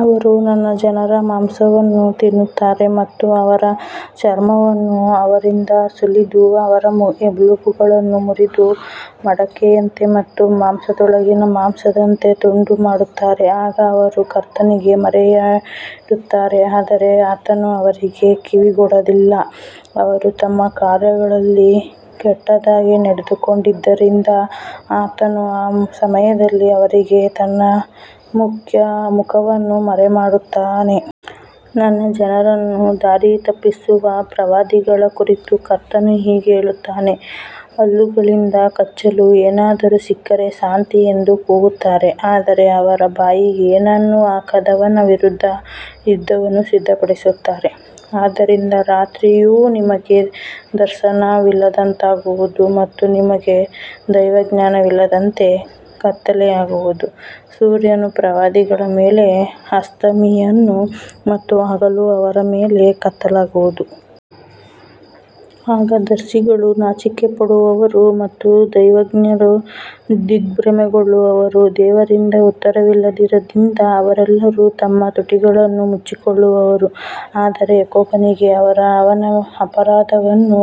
ಅವರು ನನ್ನ ಜನರ ಮಾಂಸವನ್ನು ತಿನ್ನುತ್ತಾರೆ ಮತ್ತು ಅವರ ಚರ್ಮವನ್ನು ಅವರಿಂದ ಸುಲಿದು ಅವರ ಎಲುಬುಗಳನ್ನು ಮುರಿದು ಮಡಕೆಯಂತೆ ಮತ್ತು ಮಾಂಸದೊಳಗಿನ ಮಾಂಸದಂತೆ ತುಂಡು ಮಾಡುತ್ತಾರೆ. ಆಗ ಅವರು ಕರ್ತನಿಗೆ ಮೊರೆಯಿಡುತ್ತಾರೆ, ಆದರೆ ಆತನು ಅವರಿಗೆ ಕಿವಿಗೊಡುವುದಿಲ್ಲ. ಅವರು ತಮ್ಮ ಕಾರ್ಯಗಳಲ್ಲಿ ಕೆಟ್ಟದಾಗಿ ನಡೆದುಕೊಂಡಿದ್ದರಿಂದ ಆತನು ಆ ಸಮಯದಲ್ಲಿ ಅವರಿಗೆ ತನ್ನ ಮುಖವನ್ನು ಮರೆಮಾಡುತ್ತಾನೆ. ನನ್ನ ಜನರನ್ನು ದಾರಿತಪ್ಪಿಸುವ ಪ್ರವಾದಿಗಳ ಕುರಿತು ಕರ್ತನು ಹೀಗೆ ಹೇಳುತ್ತಾನೆ, ಹಲ್ಲುಗಳಿಂದ ಕಚ್ಚಲು ಏನಾದರೂ ಸಿಕ್ಕರೆ ಶಾಂತಿ ಎಂದು ಕೂಗುತ್ತಾರೆ, ಆದರೆ ಅವರ ಬಾಯಿಗೆ ಏನನ್ನೂ ಹಾಕದವನ ವಿರುದ್ಧ ಯುದ್ಧವನ್ನು ಸಿದ್ಧಪಡಿಸುತ್ತಾರೆ. ಆದ್ದರಿಂದ ರಾತ್ರಿಯು ನಿಮಗೆ ದರ್ಶನವಿಲ್ಲದಂತಾಗುವುದು ಮತ್ತು ನಿಮಗೆ ದೈವಜ್ಞಾನವಿಲ್ಲದಂತೆ ಕತ್ತಲೆಯಾಗುವುದು. ಸೂರ್ಯನು ಪ್ರವಾದಿಗಳ ಮೇಲೆ ಅಸ್ತಮಿಸುವನು ಮತ್ತು ಹಗಲು ಅವರ ಮೇಲೆ ಕತ್ತಲಾಗುವುದು. ಆಗ ದರ್ಶಿಗಳು ನಾಚಿಕೆಪಡುವರು ಮತ್ತು ದೈವಜ್ಞರು ದಿಗ್ಭ್ರಮೆಗೊಳ್ಳುವರು. ದೇವರಿಂದ ಉತ್ತರವಿಲ್ಲದ್ದರಿಂದ ಅವರೆಲ್ಲರೂ ತಮ್ಮ ತುಟಿಗಳನ್ನು ಮುಚ್ಚಿಕೊಳ್ಳುವರು. ಆದರೆ ಯಾಕೋಬನಿಗೆ ಅವನ ಅಪರಾಧವನ್ನೂ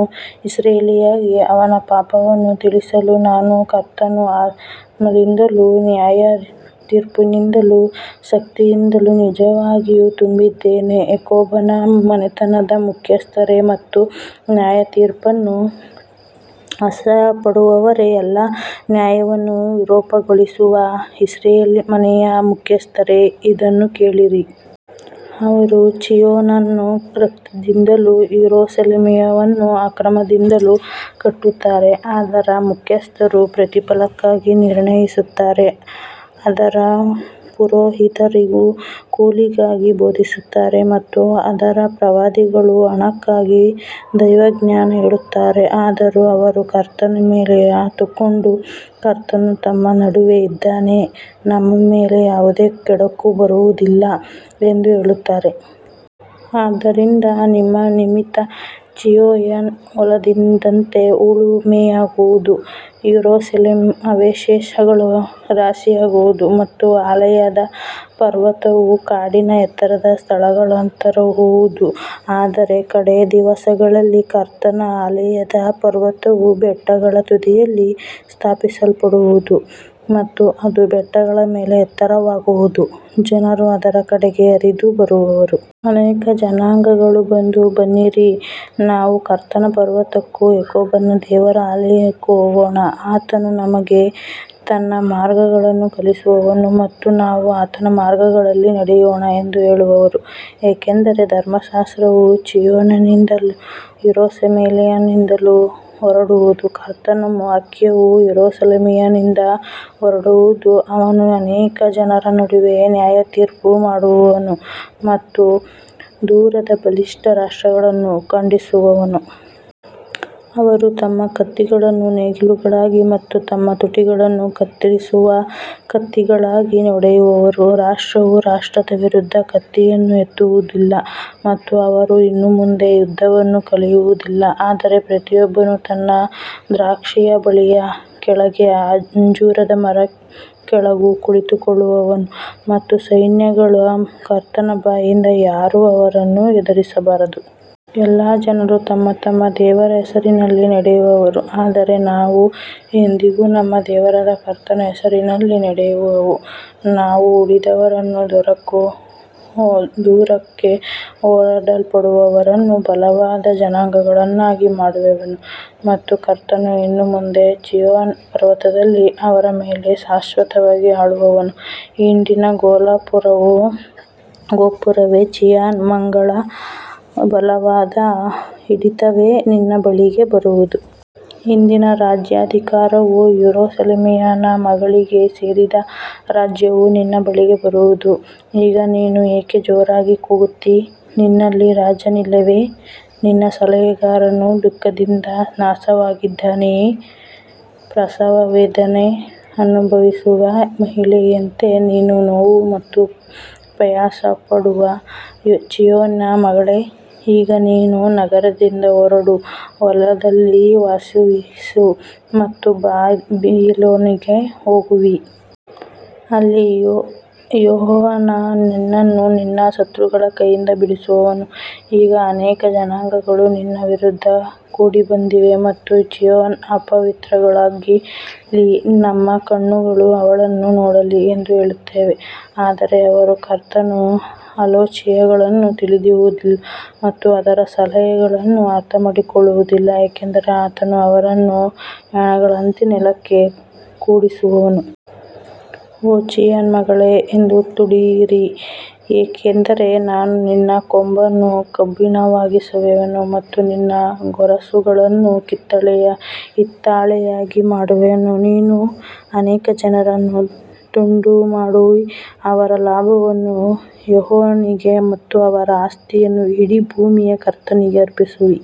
ಇಸ್ರಾಯೇಲಿಗೆ ಅವನ ಪಾಪವನ್ನೂ ತಿಳಿಸಲು ನಾನು ಕರ್ತನ ಆತ್ಮದಿಂದಲೂ ನ್ಯಾಯತೀರ್ಪಿನಿಂದಲೂ ಶಕ್ತಿಯಿಂದಲೂ ನಿಜವಾಗಿಯೂ ತುಂಬಿದ್ದೇನೆ. ಯಾಕೋಬನ ಮನೆತನದ ಮುಖ್ಯಸ್ಥರೇ ಮತ್ತು ನ್ಯಾಯತೀರ್ಪನ್ನು ಅಸಹ್ಯಪಡುವವರೇ, ಎಲ್ಲಾ ನ್ಯಾಯವನ್ನು ವಿರೂಪಗೊಳಿಸುವ ಇಸ್ರಾಯೇಲ್ ಮನೆಯ ಮುಖ್ಯಸ್ಥರೇ, ಇದನ್ನು ಕೇಳಿರಿ. ಅವರು ಚೀಯೋನನ್ನು ರಕ್ತದಿಂದಲೂ ಯೆರೂಸಲೇಮನ್ನು ಅಕ್ರಮದಿಂದಲೂ ಕಟ್ಟುತ್ತಾರೆ. ಅದರ ಮುಖ್ಯಸ್ಥರು ಪ್ರತಿಫಲಕ್ಕಾಗಿ ನಿರ್ಣಯಿಸುತ್ತಾರೆ, ಅದರ ಪುರೋಹಿತರು ಕೂಲಿಗಾಗಿ ಬೋಧಿಸುತ್ತಾರೆ ಮತ್ತು ಅದರ ಪ್ರವಾದಿಗಳು ಹಣಕ್ಕಾಗಿ ದೈವಜ್ಞಾನ ಹೇಳುತ್ತಾರೆ. ಆದರೂ ಅವರು ಕರ್ತನ ಮೇಲೆ ಆತುಕೊಂಡು, ಕರ್ತನು ನಮ್ಮ ನಡುವೆ ಇದ್ದಾನೆ, ನಮ್ಮ ಮೇಲೆ ಯಾವುದೇ ಕೆಡುಕು ಬರುವುದಿಲ್ಲ ಎಂದು ಹೇಳುತ್ತಾರೆ. ಆದ್ದರಿಂದ ನಿಮ್ಮ ನಿಮಿತ್ತ ಚೀಯೋನ್ ಹೊಲದಂತೆ ಉಳುಮೆಯಾಗುವುದು, ಯೆರೂಸಲೇಮ್ ಅವಶೇಷಗಳ ರಾಶಿಯಾಗುವುದು ಮತ್ತು ಆಲಯದ ಪರ್ವತವು ಕಾಡಿನ ಎತ್ತರದ ಸ್ಥಳಗಳಂತಾಗುವುದು. ಆದರೆ ಕಡೇ ದಿವಸಗಳಲ್ಲಿ ಕರ್ತನ ಆಲಯದ ಪರ್ವತವು ಬೆಟ್ಟಗಳ ತುದಿಯಲ್ಲಿ ಸ್ಥಾಪಿಸಲ್ಪಡುವುದು ಮತ್ತು ಅದು ಬೆಟ್ಟಗಳ ಮೇಲೆ ಎತ್ತರವಾಗುವುದು, ಜನರು ಅದರ ಕಡೆಗೆ ಹರಿದು ಬರುವರು. ಅನೇಕ ಜನಾಂಗಗಳು ಬಂದು, ಬನ್ನಿರಿ, ನಾವು ಕರ್ತನ ಪರ್ವತಕ್ಕೂ ಯಾಕೋಬನ ದೇವರ ಆಲಯಕ್ಕೂ ಹೋಗೋಣ, ಆತನು ನಮಗೆ ತನ್ನ ಮಾರ್ಗಗಳನ್ನು ಕಲಿಸುವನು ಮತ್ತು ನಾವು ಆತನ ಮಾರ್ಗಗಳಲ್ಲಿ ನಡೆಯೋಣ ಎಂದು ಹೇಳುವರು. ಏಕೆಂದರೆ ಧರ್ಮಶಾಸ್ತ್ರವು ಚೀಯೋನಿನಿಂದಲೂ ಯೆರೂಸಲೇಮಿನಿಂದಲೂ ಹೊರಡುವುದು, ಕರ್ತನ ವಾಕ್ಯವು ಯೆರೂಸಲೇಮಿನಿಂದ ಹೊರಡುವುದು. ಅವನು ಅನೇಕ ಜನರ ನಡುವೆ ನ್ಯಾಯತೀರ್ಪು ಮಾಡುವನು ಮತ್ತು ದೂರದ ಬಲಿಷ್ಠ ರಾಷ್ಟ್ರಗಳನ್ನು ಖಂಡಿಸುವನು. ಅವರು ತಮ್ಮ ಕತ್ತಿಗಳನ್ನು ನೇಗಿಲುಗಳಾಗಿ ಮತ್ತು ತಮ್ಮ ಈಟಿಗಳನ್ನು ಕತ್ತರಿಸುವ ಕತ್ತಿಗಳಾಗಿ ಹೊಡೆಯುವರು. ರಾಷ್ಟ್ರವು ರಾಷ್ಟ್ರದ ವಿರುದ್ಧ ಕತ್ತಿಯನ್ನು ಎತ್ತುವುದಿಲ್ಲ ಮತ್ತು ಅವರು ಇನ್ನು ಮುಂದೆ ಯುದ್ಧವನ್ನು ಕಲಿಯುವುದಿಲ್ಲ. ಆದರೆ ಪ್ರತಿಯೊಬ್ಬನು ತನ್ನ ದ್ರಾಕ್ಷೇಬಳ್ಳಿಯ ಕೆಳಗೂ ಅಂಜೂರದ ಮರದ ಕೆಳಗೂ ಕುಳಿತುಕೊಳ್ಳುವನು ಮತ್ತು ಸೈನ್ಯಗಳ ಕರ್ತನ ಬಾಯಿಂದ ಯಾರೂ ಅವರನ್ನು ಹೆದರಿಸಬಾರದು. ಎಲ್ಲಾ ಜನರು ತಮ್ಮ ತಮ್ಮ ದೇವರ ಹೆಸರಿನಲ್ಲಿ ನಡೆಯುವರು, ಆದರೆ ನಾವು ಎಂದೆಂದಿಗೂ ನಮ್ಮ ದೇವರಾದ ಕರ್ತನ ಹೆಸರಿನಲ್ಲಿ ನಡೆಯುವೆವು. ನಾನು ಉಳಿದವರನ್ನೂ ದೂರಕ್ಕೆ ಹೊರದೂಡಲ್ಪಟ್ಟವರನ್ನೂ ಬಲವಾದ ಜನಾಂಗವನ್ನಾಗಿ ಮಾಡುವೆನು ಮತ್ತು ಕರ್ತನು ಇನ್ನು ಮುಂದೆ ಚೀಯೋನ್ ಪರ್ವತದಲ್ಲಿ ಅವರ ಮೇಲೆ ಶಾಶ್ವತವಾಗಿ ಆಳುವನು. ಹಿಂಡಿನ ಗೋಪುರವೇ, ಚೀಯೋನ್ ಮಗಳ ಬಲವಾದ ಹಿಡಿತವೇ, ನಿನ್ನ ಬಳಿಗೆ ಬರುವದು. ಹಿಂದಿನ ರಾಜ್ಯಾಧಿಕಾರವು, ಯೆರೂಸಲೇಮಿನ ಮಗಳಿಗೆ ಸೇರಿದ ರಾಜ್ಯವು, ನಿನ್ನ ಬಳಿಗೆ ಬರುವದು. ಈಗ ನೀನು ಏಕೆ ಜೋರಾಗಿ ಕೂಗುತ್ತೀ? ನಿನ್ನಲ್ಲಿ ರಾಜನಿಲ್ಲವೇ? ನಿನ್ನ ಸಲಹೆಗಾರನು ದುಃಖದಿಂದ ನಾಶವಾದನೆಯೇ? ಪ್ರಸವವೇದನೆ ಅನುಭವಿಸುವ ಮಹಿಳೆಯಂತೆ ನೀನು ನೋವು ಮತ್ತು ಪ್ರಯಾಸಪಡು, ಚೀಯೋನಿನ ಮಗಳೇ. ಈಗ ನೀನು ನಗರದಿಂದ ಹೊರಟು ಹೊಲದಲ್ಲಿ ವಾಸಿಸುವಿ ಮತ್ತು ಬಾಬಿಲೋನಿಗೆ ಹೋಗುವಿ. ಅಲ್ಲಿ ಯೆಹೋವನು ನಿನ್ನನ್ನು ನಿನ್ನ ಶತ್ರುಗಳ ಕೈಯಿಂದ ಬಿಡಿಸುವನು. ಈಗ ಅನೇಕ ಜನಾಂಗಗಳು ನಿನ್ನ ವಿರುದ್ಧ ಕೂಡಿಬಂದಿವೆ ಮತ್ತು ಚೀಯೋನ್ ಅಪವಿತ್ರಳಾಗಲಿ, ನಮ್ಮ ಕಣ್ಣುಗಳು ಅವಳನ್ನು ನೋಡಲಿ ಎಂದು ಹೇಳುತ್ತವೆ. ಆದರೆ ಅವರು ಕರ್ತನ ಆಲೋಚನೆಗಳನ್ನು ತಿಳಿದಿರುವುದಿಲ್ಲ ಮತ್ತು ಅವರ ಸಲಹೆಯನ್ನು ಅರ್ಥಮಾಡಿಕೊಳ್ಳುವುದಿಲ್ಲ, ಏಕೆಂದರೆ ಆತನು ಅವರನ್ನು ಹೆಣಗಳಂತೆ ನೆಲಕ್ಕೆ ಕೂಡಿಸುವನು. ಓ ಚೀಯೋನ್ ಮಗಳೇ, ಎದ್ದು ತುಳಿಯಿರಿ, ಏಕೆಂದರೆ ನಾನು ನಿನ್ನ ಕೊಂಬನ್ನು ಕಬ್ಬಿಣವಾಗಿಸುವೆನು ಮತ್ತು ನಿನ್ನ ಗೊರಸುಗಳನ್ನು ಹಿತ್ತಾಳೆಯಾಗಿ ಮಾಡುವೆನು. ನೀನು ಅನೇಕ ಜನರನ್ನು ತುಂಡುಮಾಡಿ, ಅವರ ಲಾಭವನ್ನು ಯೆಹೋವನಿಗೆ ಮತ್ತು ಅವರ ಆಸ್ತಿಯನ್ನು ಇಡೀ ಭೂಮಿಯ ಕರ್ತನಿಗೆ ಅರ್ಪಿಸುವಿ.